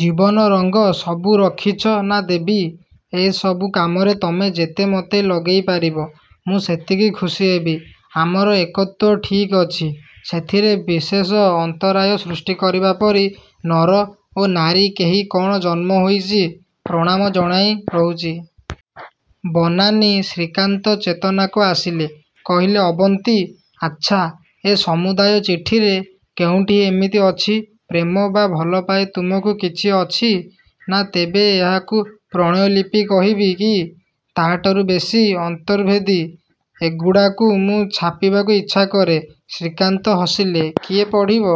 'ଜୀବନରଙ୍ଗ' ସବୁ ରଖିଛ ନା ଦେବି? ଏସବୁ କାମରେ ତମେ ଯେତେ ମତେ ଲଗେଇପାରିବ, ମୁଁ ସେତିକି ଖୁସି ହେବି। ଆମର ଏକତ୍ୱ ଠିକ୍ ଅଛି। ସେଥିରେ ବିଶେଷ ଅନ୍ତରାୟ ସୃଷ୍ଟି କରିବା ପରି ନର ଓ ନାରୀ କେହି କଅଣ ଜନ୍ମ ହୋଇଛି? ପ୍ରଣାମ ଜଣାଇ ରହୁଛି। -ବନାନୀ ଶ୍ରୀକାନ୍ତ ଚେତନାକୁ ଆସିଲେ–କହିଲେ, ଅବନ୍ତୀ… ଆଚ୍ଛା, ଏ ସମୁଦାୟ ଚିଠିରେ କେଉଁଠି ଏମିତି ଅଛି 'ପ୍ରେମ' ବା 'ଭଲପାଏ ତୁମକୁ' କିଛି ଅଛି? -ନା, -ତେବେ ଏହାକୁ ପ୍ରଣୟଲିପି କହିବି କି? -ତାହାଠାରୁ ବେଶୀ–ଅନ୍ତର୍ଭେଦୀ। -ଏଗୁଡ଼ାକୁ ମୁଁ ଛାପିବାକୁ ଇଚ୍ଛା କରେ। ଶ୍ରୀକାନ୍ତ ହସିଲେ–କିଏ ପଢ଼ିବ?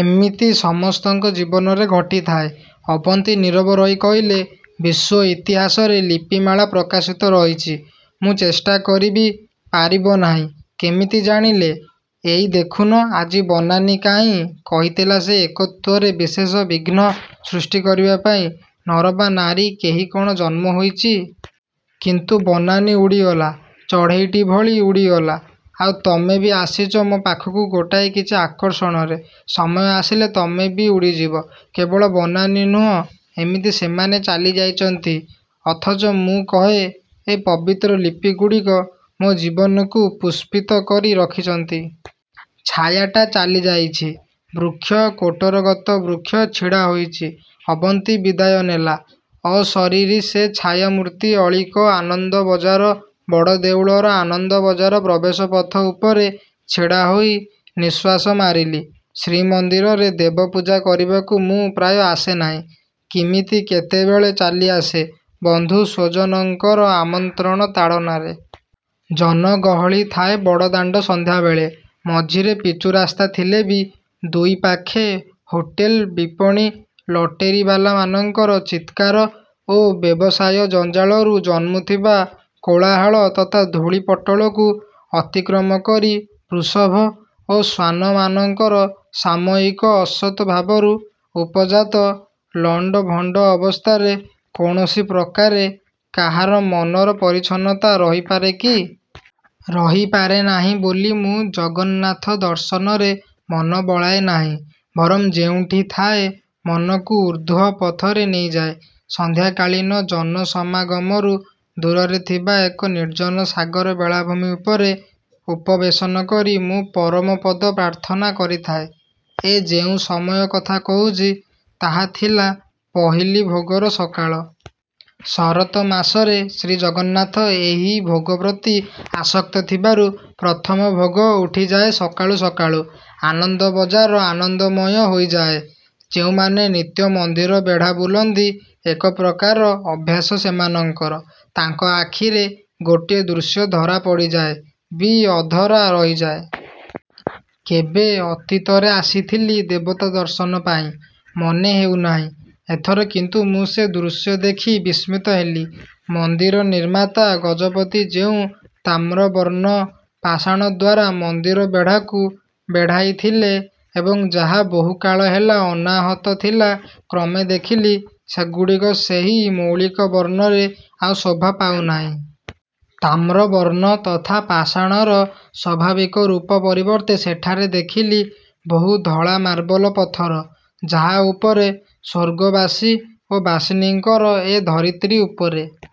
ଏମିତି ସମସ୍ତଙ୍କ ଜୀବନରେ ଘଟିଥାଏ। ଅବନ୍ତୀ ନୀରବ ରହି କହିଲେ–ବିଶ୍ଵ ଇତିହାସରେ ଲିପିମାଳା ପ୍ରକାଶିତ ରହିଛି। ମୁଁ ଚେଷ୍ଟା କରିବି। -ପାରିବନାହିଁ। -କେମିତି ଜାଣିଲେ? -ଏଇ ଦେଖୁନ, ଆଜି ବନାନୀ କାହିଁ? କହିଥିଲା-ସେ 'ଏକତ୍ଵ'ରେ ବିଶେଷ ବିଘ୍ନ ସୃଷ୍ଟି କରିବାପାଇଁ ନର ବା ନାରୀ କେହି କଅଣ ଜନ୍ମ ହୋଇଛି? କିନ୍ତୁ ବନାନୀ ଉଡ଼ିଗଲା… ଚଢ଼େଇଟି ଭଳି ଉଡ଼ିଗଲା; ଆଉ ତମେ ବି ଆସିଛ ମୋ ପାଖକୁ ଗୋଟାଏ କିଛି ଆକର୍ଷଣରେ। ସମୟ ଆସିଲେ ତମେ ବି ଉଡ଼ିଯିବ। କେବଳ ବନାନୀ ନୁହଁ, ଏମିତି ସେମାନେ ଚାଲିଯାଇଛନ୍ତି ଅଥଚ ମୁଁ କହେ ଏ ପବିତ୍ର ଲିପିଗୁଡ଼ିକ ମୋ ଜୀବନକୁ ପୁଷ୍ପିତ କରି ରଖିଛନ୍ତି। ଛାୟାଟା ଚାଲିଯାଇଛି। ବୃକ୍ଷ, କୋଟରଗତ ବୃକ୍ଷ ଛିଡ଼ାହୋଇଛି… ଅବନ୍ତୀ ବିଦାୟ ନେଲା। ଅଶରୀରୀ ସେ, ଛାୟାମୂର୍ତ୍ତି ଅଳୀକ– ଆନନ୍ଦବଜାର ବଡ଼ଦେଉଳର ଆନନ୍ଦବଜାର ପ୍ରବେଶପଥ ଉପରେ ଛିଡ଼ା ହୋଇ ନିଃଶ୍ୱାସ ମାରିଲି। ଶ୍ରୀମନ୍ଦିରରେ ଦେବପୂଜା କରିବାକୁ ମୁଁ ପ୍ରାୟ ଆସେ ନାହିଁ। କିମିତି କେତେବେଳେ ଚାଲିଆସେ ବନ୍ଧୁ ସ୍ୱଜନଙ୍କର ଆମନ୍ତ୍ରଣ ତାଡ଼ନାରେ। ଜନଗହଳି ଥାଏ ବଡ଼ଦାଣ୍ଡ ସନ୍ଧ୍ୟାବେଳେ। ମଝିରେ ପିଚୁରାସ୍ତା ଥିଲେ ବି ଦୁଇ ପାଖେ ହୋଟେଲ, ବିପଣି, ଲଟେରୀବାଲାମାନଙ୍କର ଚିତ୍କାର ଓ ବ୍ୟବସାୟ-ଜଞ୍ଜାଳରୁ ଜନ୍ମୁ ଥିବା କୋଳାହଳ ତଥା ଧୂଳିପଟଳକୁ ଅତିକ୍ରମ କରି ବୃଷଭ ଓ ଶ୍ୱାନମାନଙ୍କର ସାମୟିକ ଅସତ୍ ଭାବରୁ ଉପଜାତ ଲଣ୍ଡଭଣ୍ଡ ଅବସ୍ଥାରେ କୌଣସି ପ୍ରକାରେ କାହାର ମନର ପରିଚ୍ଛନ୍ନତା ରହିପାରେ କି? ରହିପାରେ ନାହିଁ ବୋଲି ମୁଁ ଜଗନ୍ନାଥଦର୍ଶନରେ ମନ ବଳାଏ ନାହିଁ। ବରଂ ଯେଉଁଠି ଥାଏ, ମନକୁ ଉର୍ଦ୍ଧ୍ୱ ପଥରେ ନେଇଯାଏ। ସନ୍ଧ୍ୟାକାଳୀନ ଜନସମାଗମରୁ ଦୂରରେ ଥିବା ଏକ ନିର୍ଜନ ସାଗର ବେଳାଭୂମି ଉପରେ ଉପବେଶନ କରି ମୁଁ ପରମପଦ ପ୍ରାର୍ଥନା କରିଥାଏ। ଏ ଯେଉଁ ସମୟ କଥା କହୁଛି, ତାହା ଥିଲା ପହିଲି ଭୋଗର ସକାଳ। ଶରତ୍ ମାସରେ ଶ୍ରୀଜଗନ୍ନାଥ ଏହି ଭୋଗ ପ୍ରତି ଆସକ୍ତ ଥିବାରୁ ପ୍ରଥମ ଭୋଗ ଉଠିଯାଏ ସକାଳୁ ସକାଳୁ। ଆନନ୍ଦବଜାର ଆନନ୍ଦମୟ ହୋଇଯାଏ-। ଯେଉଁମାନେ ନିତ୍ୟ ମନ୍ଦିର ବେଢ଼ା ବୁଲନ୍ତି, ଏକ ପ୍ରକାର ଅଭ୍ୟାସ ସେମାନଙ୍କର। ତାଙ୍କ ଆଖିରେ ଗୋଟିଏ ଦୃଶ୍ୟ ଧରାପଡ଼ିଯାଏ ବି ଅଧରା ରହିଯାଏ। କେବେ ଅତୀତରେ ଆସିଥିଲି ଦେବତା ଦର୍ଶନ ପାଇଁ, ମନେ ହେଉନାହିଁ, ଏଥର କିନ୍ତୁ ମୁଁ ସେ ଦୃଶ୍ୟ ଦେଖି ବିସ୍ମିତ ହେଲି। ମନ୍ଦିର ନିର୍ମାତା ଗଜପତି ଯେଉଁ ତାମ୍ରବର୍ଣ୍ଣ ପାଷାଣଦ୍ଵାରା ମନ୍ଦିର ବେଢ଼ାକୁ ବେଢ଼ାଇଥିଲେ ଏବଂ ଯାହା ବହୁକାଳ ହେଲା ଅନାହତ ଥିଲା, କ୍ରମେ ଦେଖିଲି ସେଗୁଡ଼ିକ ସେହି ମୌଳିକ ବର୍ଣ୍ଣରେ ଆଉ ଶୋଭା ପାଉନାହିଁ। ତାମ୍ରବର୍ଣ୍ଣ ତଥା ପାଷାଣର ସ୍ଵାଭାବିକ ରୂପ ପରିବର୍ତ୍ତେ ସେଠାରେ ଦେଖିଲି ବହୁ ଧଳା ମାର୍ବଲ ପଥର, ଯାହା ଉପରେ ସ୍ୱର୍ଗବାସୀ ଓ ବାସିନୀଙ୍କର ଏ ଧରିତ୍ରୀ ଉପରେ